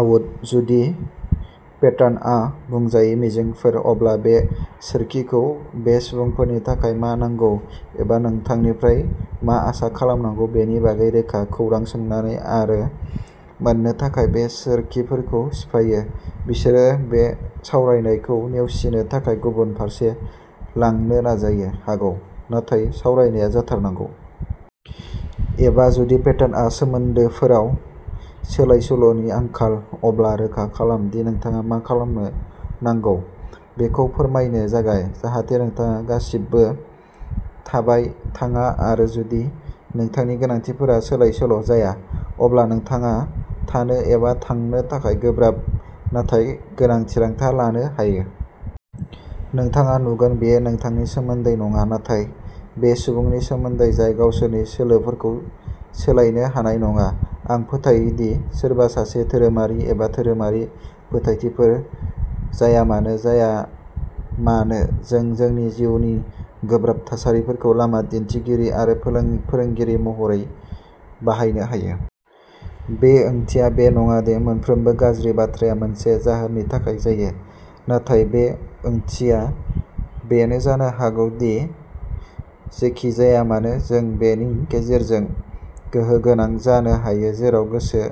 Out. जुदि पेटार्नआ बुंजायै मिजिंफोर, अब्ला बे सोरखिखौ बे सुबुंफोरनि थाखाय मा नांगौ एबा नोंथांनिफ्राय मा आसा खालामनांगौ बेनि बागै रोखा खौरां सोंनानै आरो मोन्नो थाखाय बे सोरखिखौ सिफायो। बिसोरो बे सावरायनायखौ नेवसिनो आरो गुबुन फारसे लांनो नाजानो हागौ, नाथाय सावरायनाया जाथारनांगौ। एबा, जुदि पेटार्नआ सोमोन्दोफोराव सोलायसोल'नि आंखाल, अब्ला रोखा खालाम दि नोंथाङा मा नांगौ बेखौ फोरमायनो जागाय, जाहाथे नोंथाङा गासिबो थाबाय-थांया आरो जुदि नोंथांनि गोनांथिफोरा सोलायसोल'जाया, अब्ला नोंथाङा थानो एबा थांनो थाखाय गोब्राब नाथाय गोनां थिरांथा लानो हायो। नोंथाङा नुगोन बेयो नोंथांनि सोमोन्दै नङा, नाथाय बे सुबुंनि सोमोन्दै जाय गावसोरनि सोलोफोरखौ सोलायनो हानाय नङा। आं फोथायो दि सोरबा सासेनि धोरोमारि एबा धोरोमारि फोथायथिफोर जायामानो जाया मानो, जों जोंनि जिउनि गोब्राब थासारिफोरखौ लामा दिन्थिगिरि आरो फोरोंगिरि महरै बाहायनो हायो। बेनि ओंथिया बे नङा दि मोनफ्रोमबो गाज्रि बाथ्राया मोनसे जाहोननि थाखाय जायो, नाथाय बेनि ओंथिया बेनो जानो हागौ दि जेखि जाया मानो, जों बेनि गेजेरजों गोहो गोनां जानो हायो जेराव गोसो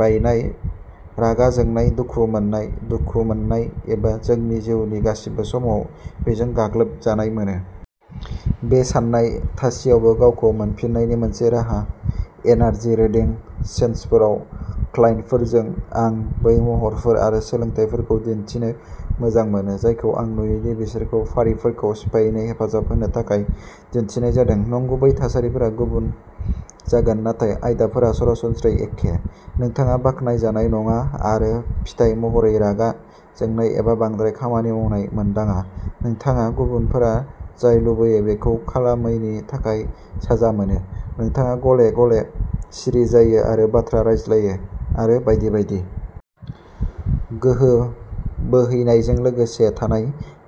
बायनाय, रागा जोंनाय, दुखु मोननाय, दुखु मोननाय, एबा जोंनि जिउनि गासिबो समाव बेजों गाग्लोब जानाय मोनो। बेयो सानाय थासेयावबो गावखौ मोनफिननायनि मोनसे राहा। एनार्जि रिडिं सेसनफोराव क्लाइन्टफोरजों, आं बै महरफोर आरो सोलोंथायफोरखौ दिन्थिनो मोजां मोनो जायखौ आं नुयो दि बिसोरखौ फारिफोरखौ सिफायनो हेफाजाब होनो थाखाय दिन्थिनाय जादों। नंगुबै थासारिफोरा गुबुन जागोन नाथाय आयदाफोरा सरासनस्रायै एखेः नोंथाङा बाख्नायजानाय नङा आरो फिथाय महरै रागा जोंनाय एबा बांद्राय खामानि मावनाय मोनदाङा; नोंथाङा गुबुनफोरा जाय लुबैयो बेखौ खालामैनि थाखाय साजा मोनो; नोंथाङा गले-गले सिरि जायो आरो बाथ्रा रायज्लायो, आरो बायदि बायदि। गोहो बोहैनायजों लोगोसे थानाय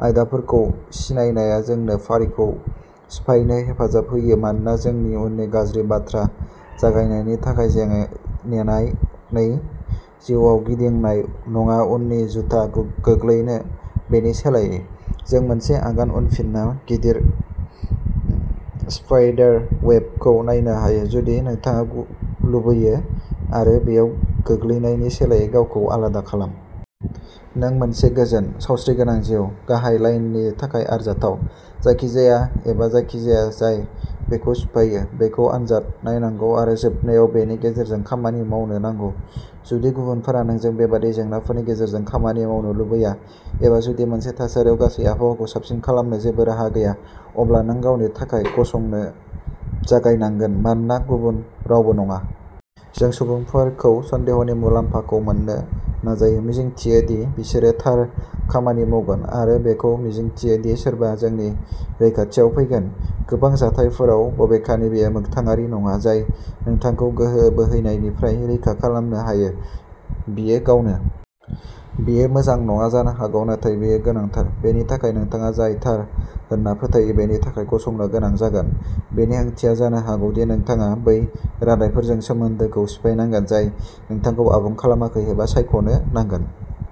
आयदाफोरखौ सिनायनाया जोंनो फारिखौ सिफायनो हेफाजाब होयो मानोना जों उननि "गाज्रि" बाथ्रा जानायनि थाखाय नेनानै जिउआव गिदिंनाय नङा-उननि जुथा गोग्लैनो। बेनि सोलायै, जों मोनसे आगान उनफिनना गिदिर स्पाइडार वेबखौ नायनो हायो, जुदि नोंथाङा लुबैयो, आरो बेयाव गोग्लैनायनि सोलायै गावखौनो आलादा खालाम। नों मोनसे गोजोन, सावस्रिगोनां जिउ, गाहाय लाइननि थाखाय आरजाथाव। जायखिजाया एबा जायखिजाया जाय बेखौ सिफायो, बेखौ आनजाद नायनांगौ आरो जोबनायाव बेनि गेजेरजों खामानि मावनो नांगौ। जुदि गुबुनफोरा नोंजों बेबादि जेंनाफोरनि गेजेरजों खामानि मावनो लुबैया, एबा जुदि मोनसे थासारियाव गासै आबहावाखौ साबसिन खालामनो जेबो राहा गैया, अब्ला नों गावनि थाखाय गसंनो जागायनांगोन-मानोना गुबुन रावबो नङा। जों सुबुंफोरखौ सन्देहनि मुलाम्फाखौ होनो नाजायो, मिजिंथियो दि बिसोरो थार खामानि मावगोन, आरो बेखौबो मिजिंथियो दि सोरबा जोंनि रैखाथियाव फैगोन। गोबां जाथायफोराव, बबेखानि, बेयो मोगथाङारि नङा। जाय नोंथांखौ गोहो बोहैनायनिफ्राय रैखा खालामनो हायो, बियो गावनो। बेयो मोजां नङा जानो हागौ, नाथाय बेयो गोनांथार। बेनि थाखाय नोंथाङा जाय थार होनना फोथायो, बेनि थाखाय गसंनो गोनां जागोन। बेनि ओंथिया जानो हागौ दि नोंथाङा बै रादायफोरजों सोमोन्दोखौ सिफायनांगोन जाय नोंथांखौ आबुं खालामाखै, एबा सायख'नो नांगोन।